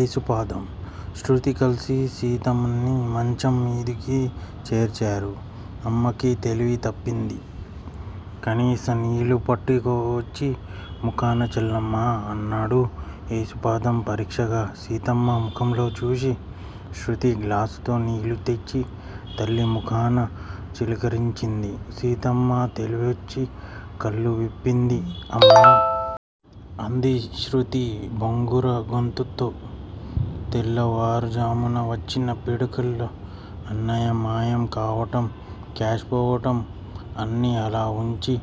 ఏసుపాదం, శృతీ కలిసి సీతమ్మని మంచం మీదకు చేర్చారు. అమ్మకి తెలివి తప్పింది. కనిసం నీళ్ళు పట్టుకొచ్చి ముఖాన చల్లమ్మా! అన్నాడు ఏసుపాదం పరీక్షగా సీతమ్మ ముఖంలోకి చూసి. శృతి గ్లాసుతో నీళ్ళు తెచ్చి తల్లి ముఖాన చిలకరించింది. సీతమ్మ తెలివొచ్చి కళ్ళు విప్పింది. అమ్మా! అంది శృతి బొంగురు గొంతుతో. తెల్లవారుఝాము వచ్చిన పీడకల, అన్నయ్య మాయం కావటం, క్యాష్ పోవటం. అన్నీ అలావుంచి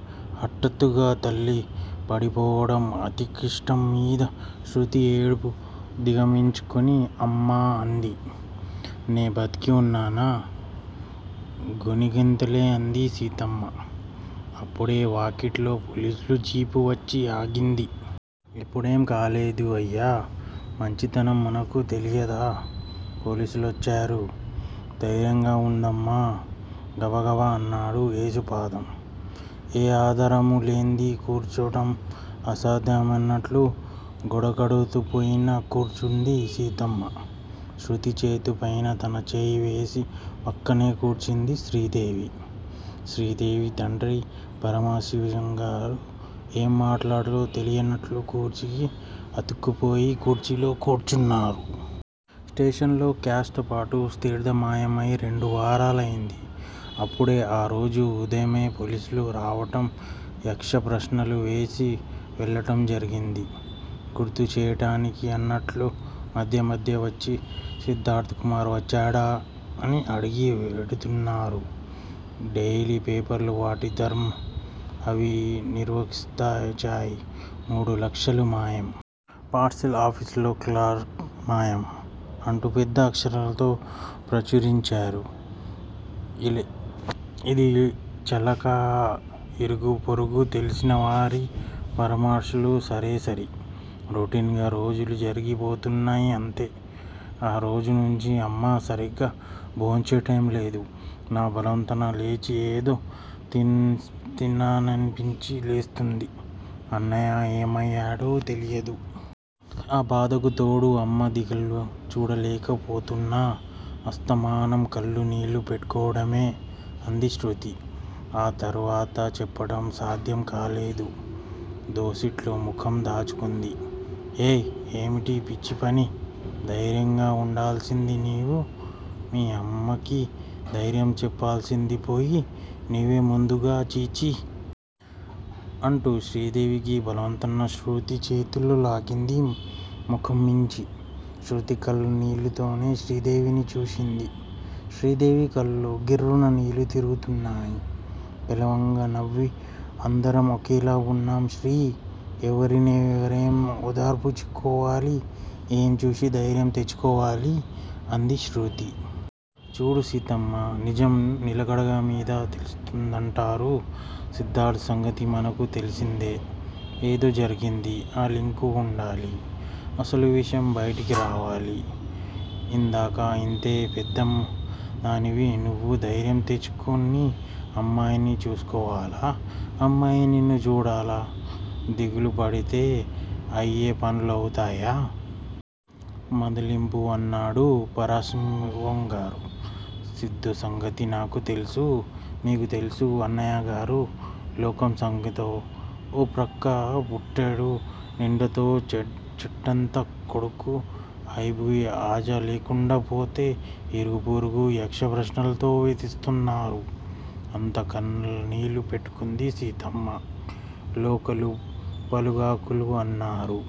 హఠాత్తుగా తల్లి పడిపోవటం అతి కష్టంమీద శృతి ఏడుపు దిగమించుకుని అమ్మా అంది. నే బతికే ఉన్నానా? గొణిగింతలే అంది సీతమ్మ. అప్పుడే వాకిట్లోకి పోలీసు జీపు వచ్చి ఆగింది. ఇప్పుడేం కాలేదు. అయ్య మంచితనం మనకు తెలియదా! పోలీసు లోచ్చారు. ధైర్యంగా వుండండమ్మా! గబగబ అన్నాడు ఏసుపాదం. ఏ ఆధారమూ లేంది కూర్చోటం అసాధ్యమన్నట్లు గోడకతుక్కుపోయి కూర్చుంది సీతమ్మ. శృతి చేతిపై తన చేయి వేసి పక్కనే కూర్చుంది శ్రీదేవి. శ్రీదేవి తండ్రి పరమశివంగారు ఏం మాట్లాడాలో తెలియనట్లు కుర్చీకి అతుక్కుపోయి కుర్చీలో కూర్చున్నారు. స్టేషన్ లో క్యాష్ తో పాటే సిద్దార్థ మాయం అయి రెండు వారాలయింది. అప్పుడే-ఆరోజు ఉదయమే పోలీసులు రావటం యక్ష ప్రశ్నలు వేసి వెళ్ళటం జరిగింది. గుర్తు చేయటానికా అన్నట్లు మధ్యమధ్య వచ్చి సిద్దార్థకుమార్ వచ్చాడా? అని అడిగి వెడుతున్నారు. డెయిలీ పేపర్లు వాటి ధర్మం అవి నిర్వర్తించాయి మూడు లక్షలు మాయం! పార్సిల్ ఆఫీసులో క్లార్క్ మాయం! అంటూ పెద్ద అక్షరాలతో ప్రచురించారు. ఇది చాలక ఇరుగూ పొరుగూ తెలిసినవారి పరామర్శలు సరేసరి. రొటీన్ గా రోజులు జరిగి పోతున్నాయి అంతే. ఆ రోజునుంచి అమ్మ సరిగా భోంచేయటంలేదు. నా బలవంతాన లేచి ఏదో తిన్నాననిపించి లేస్తున్నది. అన్నయ్య ఏమయ్యాడో తెలియదు. ఆ బాధకు తోడు అమ్మ దిగులు చూడలేక పోతున్నాను. అస్తమానం కళ్ళ నీళ్ళు పెట్టుకోవడమే. అంది శృతి. ఆ తర్వాత చెప్పటం సాధ్యం కాలేదు. దోసిట్లో ముఖం దాచుకుంది. ఏయ్, ఏమిటీ పిచ్చిపని! ధైర్యంగా వుండాల్సింది నీవు. మీ అమ్మకి దైర్యం చెప్పాల్సిందిపోయి నీవే ముందుగా ఛీ ఛీ. అంటూ శ్రీదేవి బలవంతాన శృతి చేతులు లాగింది ముఖం మీంచి. శృతి కళ్ళ నీళ్ళతోనే శ్రీదేవిని చూసింది. శ్రీదేవి కళ్ళలో గిర్రున నీళ్ళు తిరుగుతున్నాయి. పేలవంగా నవ్వి అందరం ఒకేలా వున్నాం శ్రీ! ఎవరి నెవరం ఓదార్చు కోవాలి! ఏం చూసి ధైర్యం తెచ్చుకోవాలి? అంది శృతి. చూడు సీతమ్మా! నిజం నిలకడ మీద తెలుస్తుందంటారు. సిద్దార్థ సంగతి మనకు తెలిసిందే. ఏదో జరిగింది. ఆ లింకు వూడాలి. అసలు విషయం బైటకు రావాలి. అందాకా ఇంతే. పెద్దదానివి నువ్వు దైర్యం తెచ్చుకుని అమ్మాయిని చూసుకోవాలా, అమ్మాయి నిన్ను చూడాలా? దిగులు పడితే అయ్యే పనులవుతాయా? మందలింపుగా అన్నాడు పరమశివంగారు. సిద్దూ సంగతి నాకు తెలుసు. మీకు తెలుసు అన్నయ్యగారూ! లోకం సంగతో? ఓ ప్రక్క పుట్టెడు నిందతో చెట్టంత కొడుకు అయిపూ అజా లేకుండా పోతే ఇరుగూ పొరుగూ యక్ష ప్రశ్నలతో వేధిస్తున్నారు. అంటూ కళ్ళనీళ్ళు పెట్టుకుంది సీతమ్మ. లోకులు పలుగాకులు అన్నారు.